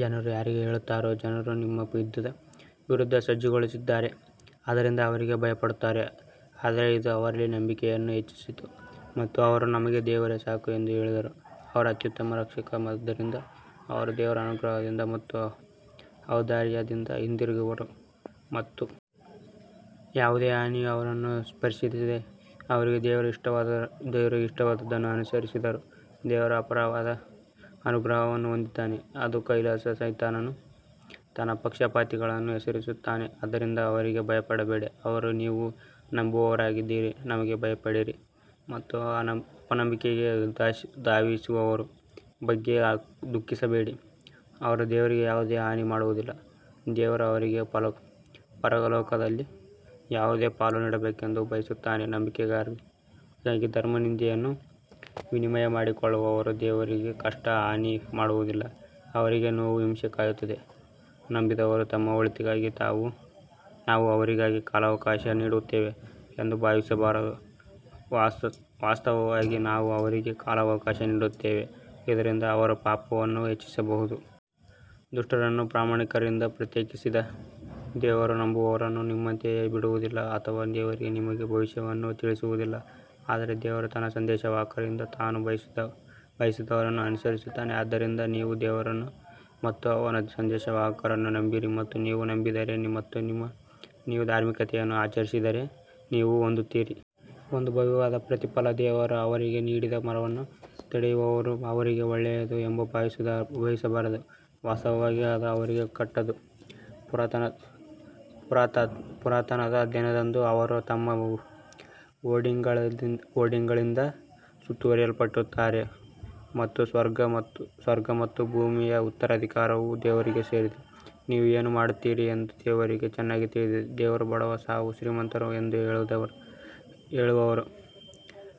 ಜನರು ಯಾರಿಗೆ ಹೇಳುತ್ತಾರೋ ಜನರು ನಿಮ್ಮ ವಿರುದ್ಧ ಸಜ್ಜುಗೊಳಿಸಿದ್ದಾರೆ ಆದ್ದರಿಂದ ಅವರಿಗೆ ಭಯಪಡುತ್ತಾರೆ ಆದರೆ ಇದು ಅವರಲ್ಲಿ ನಂಬಿಕೆಯನ್ನು ಹೆಚ್ಚಿಸಿತು ಮತ್ತು ಅವರು ನಮಗೆ ದೇವರೇ ಸಾಕು ಎಂದು ಹೇಳಿದರು ಅವರು ಅತ್ಯುತ್ತಮ ರಕ್ಷಕ ಆದ್ದರಿಂದ ಅವರು ದೇವರ ಅನುಗ್ರಹದಿಂದ ಮತ್ತು ಔದಾರ್ಯದಿಂದ ಹಿಂತಿರುಗಿದರು ಮತ್ತು ಯಾವುದೇ ಹಾನಿಯು ಅವರನ್ನು ಸ್ಪರ್ಶಿಸದೆ ಅವರು ದೇವರಿಗೆ ಇಷ್ಟವಾದದ್ದನ್ನು ಅನುಸರಿಸಿದರು, ದೇವರು ಅಪಾರವಾದ ಅನುಗ್ರಹವನ್ನು ಹೊಂದಿದ್ದಾನೆ ಅದು ಕೇವಲ ಸೈತಾನನು ತನ್ನ ಪಕ್ಷಪಾತಿಗಳನ್ನು ಹೆದರಿಸುತ್ತಾನೆ ಆದ್ದರಿಂದ ಅವರಿಗೆ ಭಯಪಡಬೇಡಿ ಆದರೆ ನೀವು ನಂಬುವವರಾಗಿದ್ದರೆ ನನಗೆ ಭಯಪಡಿರಿ ಮತ್ತು ಅಪನಂಬಿಕೆಗೆ ಧಾವಿಸುವವರ ಬಗ್ಗೆ ದುಃಖಿಸಬೇಡಿ ಅವರು ದೇವರಿಗೆ ಯಾವುದೇ ಹಾನಿ ಮಾಡುವುದಿಲ್ಲ, ದೇವರು ಅವರಿಗೆ ಪರಲೋಕದಲ್ಲಿ ಯಾವುದೇ ಪಾಲು ನೀಡಬೇಕೆಂದು ಬಯಸುತ್ತಾನೆ ನಂಬಿಕೆಗಾಗಿ ಧರ್ಮನಿಂದೆಯನ್ನು ವಿನಿಮಯ ಮಾಡಿಕೊಳ್ಳುವವರು ದೇವರಿಗೆ ಕನಿಷ್ಠ ಹಾನಿ ಮಾಡುವುದಿಲ್ಲ, ಅವರಿಗೆ ನೋವಿನ ಹಿಂಸೆ ಕಾಯುತ್ತಿದೆ ನಂಬದಿರುವವರು ತಮ್ಮ ಒಳಿತಿಗಾಗಿ ನಾವು ಅವರಿಗೆ ಕಾಲಾವಕಾಶ ನೀಡುತ್ತೇವೆ ಎಂದು ಭಾವಿಸಬಾರದು, ವಾಸ್ತವವಾಗಿ ನಾವು ಅವರಿಗೆ ಕಾಲಾವಕಾಶ ನೀಡುತ್ತೇವೆ, ಇದರಿಂದ ಅವರು ಪಾಪವನ್ನು ಹೆಚ್ಚಿಸಬಹುದು. ದುಷ್ಟರನ್ನು ಪ್ರಾಮಾಣಿಕರಿಂದ ಪ್ರತ್ಯೇಕಿಸದೆ ದೇವರು ನಂಬುವವರನ್ನು ನಿಮ್ಮಂತೆಯೇ ಬಿಡುವುದಿಲ್ಲ ಅಥವಾ ದೇವರು ನಿಮಗೆ ಭವಿಷ್ಯವನ್ನು ತಿಳಿಸುವುದಿಲ್ಲ ಆದರೆ ದೇವರು ತನ್ನ ಸಂದೇಶವಾಹಕರಿಂದ ತಾನು ಬಯಸಿದವರನ್ನು ಆರಿಸುತ್ತಾನೆ ಆದ್ದರಿಂದ ನೀವು ದೇವರನ್ನು ಮತ್ತು ಅವನ ಸಂದೇಶವಾಹಕರನ್ನು ನಂಬಿರಿ ಮತ್ತು ನೀವು ನಂಬಿದರೆ ಮತ್ತು ನೀವು ಧಾರ್ಮಿಕತೆಯನ್ನು ಆಚರಿಸಿದರೆ ನೀವು ಹೊಂದುತ್ತೀರಿ. ಒಂದು ಭವ್ಯವಾದ ಪ್ರತಿಫಲ ದೇವರು ಅವರಿಗೆ ನೀಡಿದ ವರವನ್ನು ತಡೆಹಿಡಿಯುವವರು ಅವರಿಗೆ ಒಳ್ಳೆಯದು ಎಂದು ಭಾವಿಸಬಾರದು, ವಾಸ್ತವವಾಗಿ ಅದು ಅವರಿಗೆ ಕೆಟ್ಟದು, ಪುನರುತ್ಥಾನದ ದಿನದಂದು ಅವರು ತಮ್ಮ ಹೋರ್ಡಿಂಗ್ಗಳಿಂದ ಸುತ್ತುವರಿಯಲ್ಪಡುತ್ತಾರೆ ಮತ್ತು ಸ್ವರ್ಗ ಮತ್ತು ಭೂಮಿಯ ಉತ್ತರಾಧಿಕಾರವು ದೇವರಿಗೆ ಸೇರಿದೆ. ನೀವು ಏನು ಮಾಡುತ್ತೀರಿ ಎಂದು ದೇವರಿಗೆ ಚೆನ್ನಾಗಿ ತಿಳಿದಿದೆ ದೇವರು ಬಡವ, ನಾವು ಶ್ರೀಮಂತರು ಎಂದು ಹೇಳಿದವರ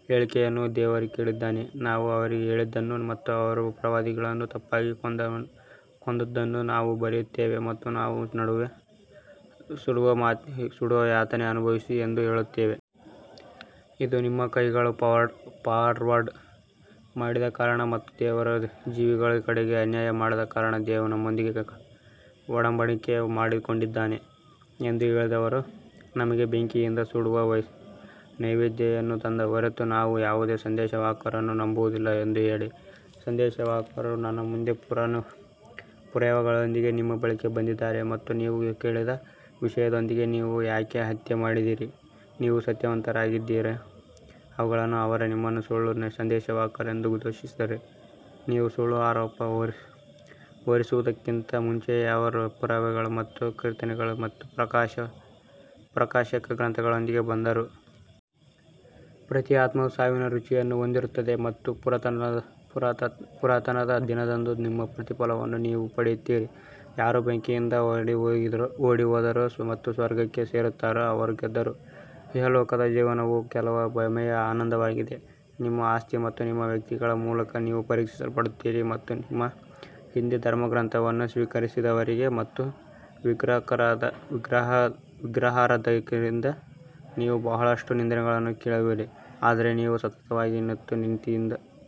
ಹೇಳಿಕೆಯನ್ನು ದೇವರು ಕೇಳಿದ್ದಾನೆ, ನಾವು ಅವರು ಹೇಳಿದ್ದನ್ನು ಮತ್ತು ಅವರು ಪ್ರವಾದಿಗಳನ್ನು ತಪ್ಪಾಗಿ ಕೊಂದದ್ದನ್ನು ನಾವು ಬರೆಯುತ್ತೇವೆ ಮತ್ತು ನಾವು ಸುಡುವ ಯಾತನೆ ಅನುಭವಿಸಿ ಎಂದು ಹೇಳುತ್ತೇವೆ. ಇದು ನಿಮ್ಮ ಕೈಗಳು ಫಾರ್ವರ್ಡ್ ಮಾಡಿದ ಕಾರಣ ಮತ್ತು ದೇವರು ಜೀವಿಗಳ ಕಡೆಗೆ ಅನ್ಯಾಯ ಮಾಡದ ಕಾರಣ ದೇವರು ನಮ್ಮೊಂದಿಗೆ ಒಡಂಬಡಿಕೆ ಮಾಡಿಕೊಂಡಿದ್ದಾನೆ ಎಂದು ಹೇಳಿದವರು ನಮಗೆ ಬೆಂಕಿಯಿಂದ ಸುಡುವ ನೈವೇದ್ಯವನ್ನು ತಂದ ಹೊರತು ನಾವು ಯಾವುದೇ ಸಂದೇಶವಾಹಕರನ್ನು ನಂಬುವುದಿಲ್ಲ ಎಂದು ಹೇಳಿ, ಸಂದೇಶವಾಹಕರು ನನ್ನ ಮುಂದೆ ಪುರಾವೆಗಳೊಂದಿಗೆ ನಿಮ್ಮ ಬಳಿಗೆ ಬಂದಿದ್ದಾರೆ ಮತ್ತು ನೀವು ಕೇಳಿದ ವಿಷಯದೊಂದಿಗೆ ನೀವು ಯಾಕೆ ಹತ್ಯೆ ಮಾಡಿದಿರಿ ನೀವು ಸತ್ಯವಂತರಾಗಿದ್ದರೆ ಅವುಗಳನ್ನು ಅವರು ನಿಮ್ಮನ್ನು ಸುಳ್ಳು ಸಂದೇಶವಾಹಕರೆಂದು ದೂಷಿಸಿದರೆ, ನೀವು ಸುಳ್ಳು ಆರೋಪ ಹೊರಿಸುವುದಕ್ಕಿಂತ ಮುಂಚೆಯೇ ಅವರು ಪುರಾವೆಗಳು ಮತ್ತು ಕೀರ್ತನೆಗಳು ಮತ್ತು ಪ್ರಕಾಶಕ ಗ್ರಂಥಗಳೊಂದಿಗೆ ಬಂದರು. ಪ್ರತಿ ಆತ್ಮವು ಸಾವಿನ ರುಚಿಯನ್ನು ಹೊಂದಿರುತ್ತದೆ ಮತ್ತು ಪುನರುತ್ಥಾನದ ದಿನದಂದು ನಿಮ್ಮ ಪ್ರತಿಫಲವನ್ನು ನೀವು ಪಡೆಯುತ್ತೀರಿ, ಯಾರು ಬೆಂಕಿಯಿಂದ ಓಡಿಹೋದರು ಮತ್ತು ಸ್ವರ್ಗಕ್ಕೆ ಸೇರುತ್ತಾರೆ, ಅವರು ಗೆದ್ದರು ಇಹಲೋಕದ ಜೀವನವು ಕೇವಲ ಭ್ರಮೆಯ ಆನಂದವಾಗಿದೆ. ನಿಮ್ಮ ಆಸ್ತಿ ಮತ್ತು ನಿಮ್ಮ ವ್ಯಕ್ತಿಗಳ ಮೂಲಕ ನೀವು ಪರೀಕ್ಷಿಸಲ್ಪಡುತ್ತೀರಿ ಮತ್ತು ನಿಮ್ಮ ಹಿಂದೆ ಧರ್ಮಗ್ರಂಥವನ್ನು ಸ್ವೀಕರಿಸಿದವರಿಂದ ಮತ್ತು ವಿಗ್ರಹಾರಾಧಕರಿಂದ ನೀವು ಬಹಳಷ್ಟು ನಿಂದನೆಗಳನ್ನು ಕೇಳುವಿರಿ ಆದರೆ ನೀವು ಸತತವಾಗಿ ಮತ್ತು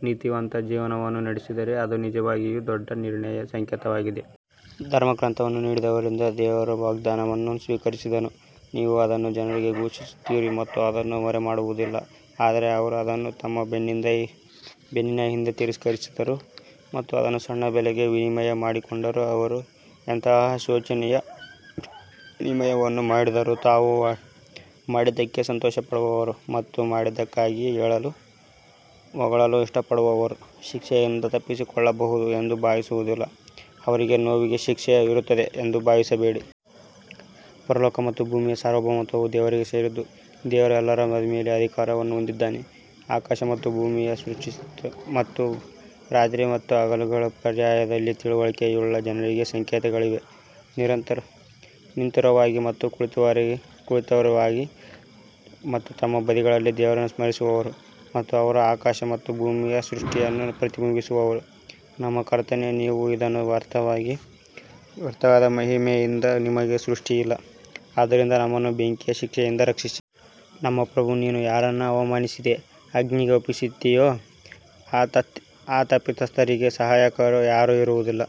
ನೀತಿವಂತ ಜೀವನವನ್ನು ನಡೆಸಿದರೆ ಅದು ನಿಜವಾಗಿಯೂ ದೊಡ್ಡ ನಿರ್ಣಯದ ಸಂಕೇತವಾಗಿದೆ. ಧರ್ಮಗ್ರಂಥವನ್ನು ನೀಡಿದವರಿಂದ ದೇವರು ವಾಗ್ದಾನವನ್ನು ಸ್ವೀಕರಿಸಿದನು, ನೀವು ಅದನ್ನು ಜನರಿಗೆ ಘೋಷಿಸುತ್ತೀರಿ ಮತ್ತು ಅದನ್ನು ಮರೆಮಾಡುವುದಿಲ್ಲ ಆದರೆ ಅವರು ಅದನ್ನು ತಮ್ಮ ಬೆನ್ನಿನ ಹಿಂದೆ ತಿರಸ್ಕರಿಸಿದರು ಮತ್ತು ಅದನ್ನು ಸಣ್ಣ ಬೆಲೆಗೆ ವಿನಿಮಯ ಮಾಡಿಕೊಂಡರು ಅವರು ಎಂತಹ ಶೋಚನೀಯ ವಿನಿಮಯವನ್ನು ಮಾಡಿದರು ತಾವು ಮಾಡಿದ್ದಕ್ಕೆ ಸಂತೋಷಪಡುವವರು ಮತ್ತು ಮಾಡದಿದ್ದಕ್ಕಾಗಿ ಹೊಗಳಲು ಇಷ್ಟಪಡುವವರು ಶಿಕ್ಷೆಯಿಂದ ತಪ್ಪಿಸಿಕೊಳ್ಳಬಹುದು ಎಂದು ಭಾವಿಸುವುದಿಲ್ಲ ಅವರಿಗೆ ನೋವಿನ ಶಿಕ್ಷೆ ಇರುತ್ತದೆ ಎಂದು ಭಾವಿಸಬೇಡಿ. ಪರಲೋಕ ಮತ್ತು ಭೂಮಿಯ ಸಾರ್ವಭೌಮತ್ವವು ದೇವರಿಗೆ ಸೇರಿದ್ದು, ದೇವರು ಎಲ್ಲದರ ಮೇಲೆ ಅಧಿಕಾರವನ್ನು ಹೊಂದಿದ್ದಾನೆ ಆಕಾಶ ಮತ್ತು ಭೂಮಿಯ ಸೃಷ್ಟಿಯಲ್ಲಿ ಮತ್ತು ರಾತ್ರಿ ಮತ್ತು ಹಗಲುಗಳ ಪರ್ಯಾಯದಲ್ಲಿ ತಿಳುವಳಿಕೆಯುಳ್ಳ ಜನರಿಗೆ ಸಂಕೇತಗಳಿವೆ. ನಿಂತಿರುವಾಗ ಮತ್ತು ಕುಳಿತಿರುವಾಗ ಮತ್ತು ತಮ್ಮ ಬದಿಗಳಲ್ಲಿ ದೇವರನ್ನು ಸ್ಮರಿಸುವವರು ಮತ್ತು ಅವರು ಆಕಾಶ ಮತ್ತು ಭೂಮಿಯ ಸೃಷ್ಟಿಯನ್ನು ಪ್ರತಿಬಿಂಬಿಸುವವರು ನಮ್ಮ ಕರ್ತನೇ, ನೀವು ಇದನ್ನು ವ್ಯರ್ಥವಾದ ಮಹಿಮೆಯಿಂದ ನಿಮಗೆ ಸೃಷ್ಟಿಸಲಿಲ್ಲ ಆದ್ದರಿಂದ ನಮ್ಮನ್ನು ಬೆಂಕಿಯ ಶಿಕ್ಷೆಯಿಂದ ರಕ್ಷಿಸಿ. ನಮ್ಮ ಪ್ರಭು ನೀನು ಯಾರನ್ನು ಅವಮಾನಿಸಿದ ಅಗ್ನಿಗೆ ಒಪ್ಪಿಸುತ್ತೀಯೋ ಆ ತಪ್ಪಿತಸ್ಥರಿಗೆ ಸಹಾಯಕರು ಯಾರೂ ಇರುವುದಿಲ್ಲ.